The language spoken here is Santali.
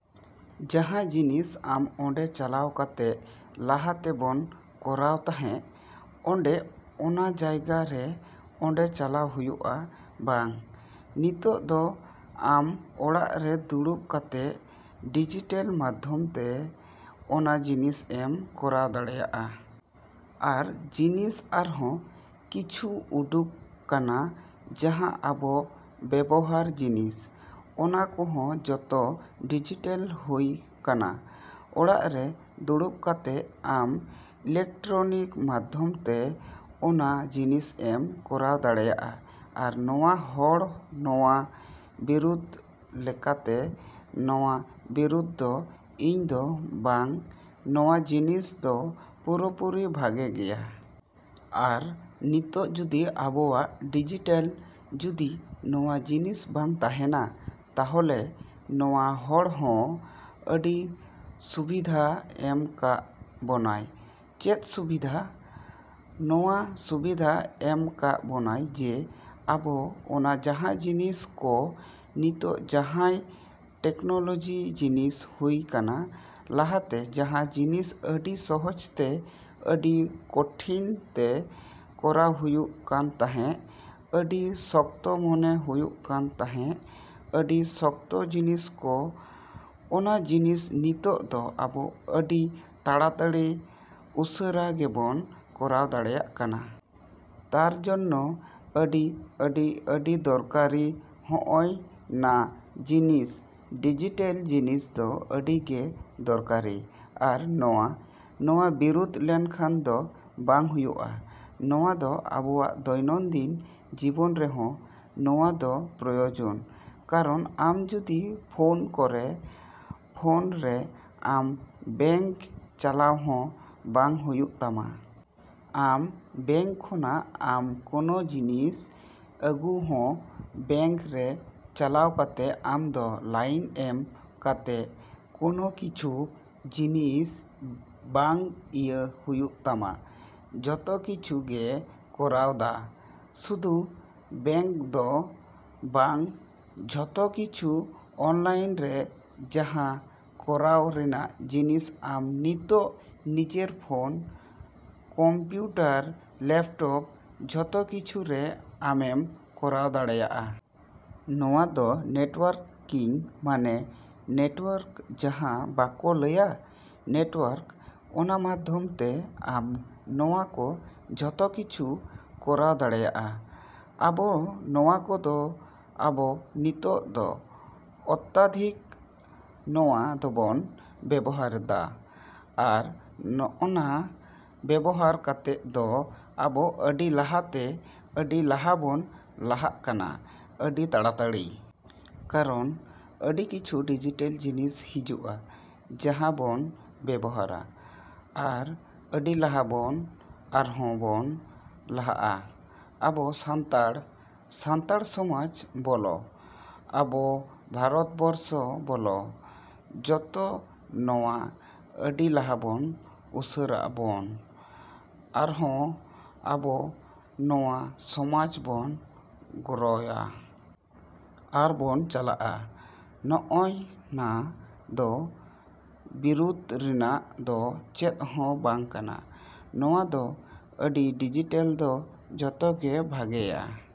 ᱡᱟᱦᱟᱸ ᱡᱤᱱᱤᱥ ᱟᱢ ᱚᱸᱰᱮ ᱪᱟᱞᱟᱣ ᱠᱟᱛᱮᱜ ᱞᱟᱦᱟ ᱛᱮᱵᱚᱱ ᱠᱚᱨᱟᱣ ᱛᱟᱦᱮᱸᱜ, ᱚᱸᱰᱮ ᱚᱱᱟ ᱡᱟᱭᱜᱟ ᱨᱮ ᱚᱸᱰᱮ ᱪᱟᱞᱟᱣ ᱦᱩᱭᱩᱜᱼᱟ ᱵᱟᱝ᱾ ᱱᱤᱛᱚᱜ ᱫᱚ ᱟᱢ ᱚᱲᱟᱜ ᱨᱮ ᱫᱩᱲᱩᱵ ᱠᱟᱛᱮᱜ ᱰᱤᱡᱤᱴᱟᱞ ᱢᱟᱫᱽᱫᱷᱚᱢ ᱛᱮ ᱚᱱᱟ ᱡᱤᱱᱤᱥ ᱮᱢ ᱠᱚᱨᱟᱣ ᱫᱟᱲᱮᱭᱟᱜᱼᱟ᱾ ᱟᱨ ᱡᱤᱱᱤᱥ ᱟᱨᱦᱚᱸ ᱠᱤᱪᱷᱩ ᱩᱰᱩᱠ ᱠᱟᱱᱟ ᱡᱟᱦᱟᱸ ᱟᱵᱚ ᱵᱮᱵᱚᱦᱟᱨ ᱡᱤᱱᱤᱥ, ᱚᱱᱟ ᱠᱚᱦᱚᱸ ᱡᱚᱛᱚ ᱰᱤᱡᱤᱴᱟᱞ ᱦᱩᱭ ᱠᱟᱱᱟ᱾ ᱚᱲᱟᱜ ᱨᱮ ᱫᱩᱲᱩᱵ ᱠᱟᱛᱮᱜ ᱟᱢ ᱤᱞᱮᱠᱴᱨᱚᱱᱤᱠ ᱢᱟᱫᱽᱫᱷᱚᱢ ᱛᱮ ᱚᱱᱟ ᱡᱤᱱᱤᱥ ᱮᱢ ᱠᱚᱨᱟᱣ ᱫᱟᱲᱮᱭᱟᱜᱼᱟ᱾ ᱟᱨ ᱱᱚᱣᱟ ᱦᱚᱲ ᱱᱚᱣᱟ ᱵᱤᱨᱩᱫᱷ ᱞᱮᱠᱟᱛᱮ ᱱᱚᱣᱟ ᱵᱤᱨᱩᱫᱷ ᱫᱚ ᱤᱧ ᱫᱚ ᱵᱟᱝ, ᱱᱚᱣᱟ ᱡᱤᱱᱤᱥ ᱫᱚ ᱯᱩᱨᱟᱹᱯᱩᱨᱤ ᱵᱷᱟᱜᱮᱭᱟ᱾ ᱟᱨ ᱱᱤᱛᱚᱜ ᱡᱩᱫᱤ ᱟᱵᱚᱣᱟᱜ ᱰᱤᱡᱤᱴᱟᱞ ᱡᱩᱫᱤ ᱱᱚᱣᱟ ᱡᱤᱱᱤᱥ ᱵᱟᱝ ᱛᱟᱦᱮᱱᱟ, ᱛᱟᱦᱚᱞᱮ ᱱᱚᱣᱟ ᱦᱚᱲ ᱦᱚᱸ ᱟᱹᱰᱤ ᱥᱩᱵᱤᱫᱷᱟ ᱮᱢ ᱠᱟᱜ ᱵᱚᱱᱟᱭ᱾ ᱪᱮᱫ ᱥᱩᱵᱤᱫᱷᱟ? ᱱᱚᱣᱟ ᱥᱩᱵᱤᱫᱷᱟ ᱮᱢ ᱠᱟᱜ ᱵᱚᱱᱟᱭ ᱡᱮ ᱟᱵᱚ ᱚᱱᱟ ᱡᱟᱦᱟᱸ ᱡᱤᱱᱤᱥ ᱠᱚ ᱱᱤᱛᱚᱜ ᱡᱟᱦᱟᱸᱭ ᱴᱮᱠᱱᱳᱞᱚᱡᱤ ᱡᱤᱱᱤᱥ ᱦᱩᱭ ᱠᱟᱱᱟ, ᱞᱟᱦᱟᱛᱮ ᱡᱟᱦᱟᱸ ᱡᱤᱱᱤᱥ ᱟᱹᱰᱤ ᱥᱚᱦᱚᱡ ᱛᱮ, ᱟᱹᱰᱤ ᱠᱚᱴᱷᱤᱱ ᱛᱮ ᱠᱚᱨᱟᱣ ᱦᱩᱭᱩᱜ ᱠᱟᱱ ᱛᱟᱦᱮᱸᱜ, ᱟᱹᱰᱤ ᱥᱚᱠᱛᱚ ᱢᱚᱱᱮ ᱦᱩᱭᱩᱜ ᱠᱟᱱ ᱛᱟᱦᱮᱸᱜ, ᱟᱹᱰᱤ ᱥᱚᱠᱛᱚ ᱡᱤᱱᱤᱥ ᱠᱚ, ᱚᱱᱟ ᱡᱤᱱᱤᱥ ᱱᱤᱛᱚᱜ ᱫᱚ ᱟᱵᱚ ᱟᱹᱰᱤ ᱛᱟᱲᱟᱛᱟᱲᱤ ᱩᱥᱟᱹᱨᱟ ᱜᱮᱵᱚᱱ ᱠᱚᱨᱟᱣ ᱫᱟᱲᱮᱭᱟᱜ ᱠᱟᱱᱟ᱾ ᱛᱟᱨᱡᱚᱱᱱᱚ ᱟᱹᱰᱤ ᱟᱹᱰᱤ ᱟᱹᱰᱤ ᱫᱚᱨᱠᱟᱨᱤ ᱦᱚᱜᱼᱚᱭ ᱱᱟ ᱡᱤᱱᱤᱥ᱾ ᱰᱤᱡᱤᱴᱟᱞ ᱡᱤᱱᱤᱥ ᱫᱚ ᱟᱹᱰᱤ ᱜᱮ ᱫᱚᱨᱠᱟᱨᱤ ᱟᱨ ᱱᱚᱣᱟ ᱱᱚᱣᱟ ᱵᱤᱨᱩᱫᱷ ᱞᱮᱠᱷᱟᱱ ᱫᱚ ᱵᱟᱝ ᱦᱩᱭᱩᱜᱼᱟ᱾ ᱱᱚᱣᱟ ᱫᱚ ᱟᱵᱚᱣᱟᱜ ᱫᱚᱭᱱᱚᱱᱫᱤᱱ ᱡᱤᱵᱚᱱ ᱨᱮᱦᱚᱸ ᱱᱚᱣᱟ ᱫᱚ ᱯᱨᱚᱭᱳᱡᱚᱱ᱾ ᱠᱟᱨᱚᱱ ᱟᱢ ᱡᱚᱫᱤ ᱯᱷᱚᱱ ᱠᱚᱨᱮ, ᱯᱷᱚᱱ ᱨᱮ ᱟᱢ ᱵᱮᱝᱠ ᱪᱟᱞᱟᱣ ᱦᱚᱸ ᱵᱟᱝ ᱦᱩᱭᱩᱜ ᱛᱟᱢᱟ᱾ ᱟᱢ ᱵᱮᱝᱠ ᱠᱷᱚᱱᱟᱜ ᱟᱢ ᱠᱚᱱᱚ ᱡᱤᱱᱤᱥ ᱟᱹᱜᱩ ᱦᱚᱸ ᱵᱮᱝᱠ ᱨᱮ ᱪᱟᱞᱟᱣ ᱠᱟᱛᱮᱜ ᱟᱢ ᱫᱚ ᱞᱟᱭᱤᱱ ᱮᱢ ᱠᱟᱛᱮᱜ ᱠᱚᱱᱚ ᱠᱤᱪᱷᱩ ᱡᱤᱱᱤᱥ ᱵᱟᱝ ᱤᱭᱟᱹ ᱦᱩᱭᱩᱜ ᱛᱟᱢᱟ᱾ ᱡᱷᱚᱛᱚ ᱠᱤᱪᱷᱩ ᱜᱮᱢ ᱠᱚᱨᱟᱣ ᱫᱟ᱾ ᱥᱩᱫᱩ ᱵᱮᱝᱠ ᱫᱚ ᱵᱟᱝ, ᱡᱷᱚᱛᱚ ᱠᱤᱪᱷᱩ ᱚᱱᱞᱟᱭᱤᱱ ᱨᱮ ᱡᱟᱦᱟᱸ ᱠᱚᱨᱟᱣ ᱨᱮᱱᱟᱜ ᱡᱤᱱᱤᱥ ᱟᱢ ᱱᱤᱛᱚᱜ ᱱᱤᱡᱮᱨ ᱯᱷᱚᱱ, ᱠᱚᱢᱯᱤᱭᱩᱴᱟᱨ, ᱞᱮᱯᱴᱚᱯ, ᱡᱷᱚᱛᱚ ᱠᱤᱪᱷᱩ ᱨᱮ ᱟᱢᱮᱢ ᱠᱚᱨᱟᱣ ᱫᱟᱲᱮᱭᱟᱜᱼᱟ᱾ ᱱᱚᱣᱟ ᱫᱚ ᱱᱮᱴᱣᱚᱨᱠᱤᱝ ᱢᱟᱱᱮ ᱱᱮᱴᱣᱚᱨᱠ ᱡᱟᱦᱟᱸ ᱵᱟᱠᱚ ᱞᱟᱹᱭᱟ ᱱᱮᱴᱣᱚᱨᱠ, ᱚᱱᱟ ᱢᱟᱫᱽᱫᱷᱚᱢ ᱛᱮ ᱟᱢ ᱱᱚᱣᱟ ᱠᱚ ᱡᱷᱚᱛᱚ ᱠᱤᱪᱷᱩᱢ ᱠᱚᱨᱟᱣ ᱫᱟᱲᱮᱭᱟᱜᱼᱟ᱾ ᱟᱵᱚ ᱱᱚᱣᱟ ᱠᱚᱫᱚ ᱟᱵᱚ ᱱᱤᱛᱚᱜ ᱫᱚ ᱚᱛᱛᱟᱫᱷᱤᱠ ᱱᱚᱣᱟ ᱫᱚᱵᱚᱱ ᱵᱮᱵᱚᱦᱟᱨᱫᱟ᱾ ᱟᱨ ᱱᱚᱜᱼᱱᱟ ᱵᱮᱵᱚᱦᱟᱨ ᱠᱟᱛᱮᱜ ᱫᱚ ᱟᱵᱚ ᱟᱹᱰᱤ ᱞᱟᱦᱟᱛᱮ ᱟᱹᱰᱤ ᱞᱟᱦᱟᱵᱚᱱ ᱞᱟᱦᱟᱜ ᱠᱟᱱᱟ ᱟᱹᱰᱤ ᱛᱟᱲᱟᱛᱟᱲᱤ᱾ ᱠᱟᱨᱚᱱ ᱟᱹᱰᱤ ᱠᱤᱪᱷᱩ ᱰᱤᱡᱤᱴᱟᱞ ᱡᱤᱱᱤᱥ ᱦᱤᱡᱩᱜᱼᱟ ᱡᱟᱦᱟᱸ ᱵᱚᱱ ᱵᱮᱵᱚᱦᱟᱨᱟ ᱟᱨ ᱟᱹᱰᱤ ᱞᱟᱦᱟᱵᱚᱱ ᱟᱨᱦᱚᱸ ᱵᱚᱱ ᱪᱟᱞᱟᱜᱼᱟ᱾ ᱟᱵᱚ ᱥᱟᱱᱛᱟᱲ ᱥᱟᱱᱛᱟᱲ ᱥᱚᱢᱟᱡᱽ ᱵᱚᱞᱚ, ᱟᱵᱚ ᱵᱷᱟᱨᱚᱛᱵᱚᱨᱥᱚ ᱵᱚᱞᱚ, ᱡᱷᱚᱛᱚ ᱱᱚᱣᱟ ᱟᱹᱰᱤ ᱞᱟᱦᱟᱵᱚᱱ ᱩᱥᱟᱹᱨᱟᱵᱚᱱ ᱟᱨᱦᱚᱸ ᱟᱵᱚ ᱱᱚᱣᱟ ᱥᱚᱢᱟᱡᱽ ᱵᱚᱱ ᱜᱨᱳᱭᱟ᱾ ᱟᱨ ᱵᱚᱱ ᱪᱟᱞᱟᱜᱼᱟ᱾ ᱱᱚᱜᱼᱚᱭ ᱱᱟ ᱫᱚ ᱵᱤᱨᱚᱫᱷ ᱨᱮᱱᱟᱜ ᱫᱚ ᱪᱮᱫ ᱦᱚᱸ ᱵᱟᱝ ᱠᱟᱱᱟ᱾ ᱱᱚᱣᱟ ᱫᱚ ᱟᱹᱰᱤ ᱰᱤᱡᱤᱴᱟᱞ ᱫᱚ ᱡᱷᱚᱛᱚ ᱜᱮ ᱵᱷᱟᱜᱮᱭᱟ᱾।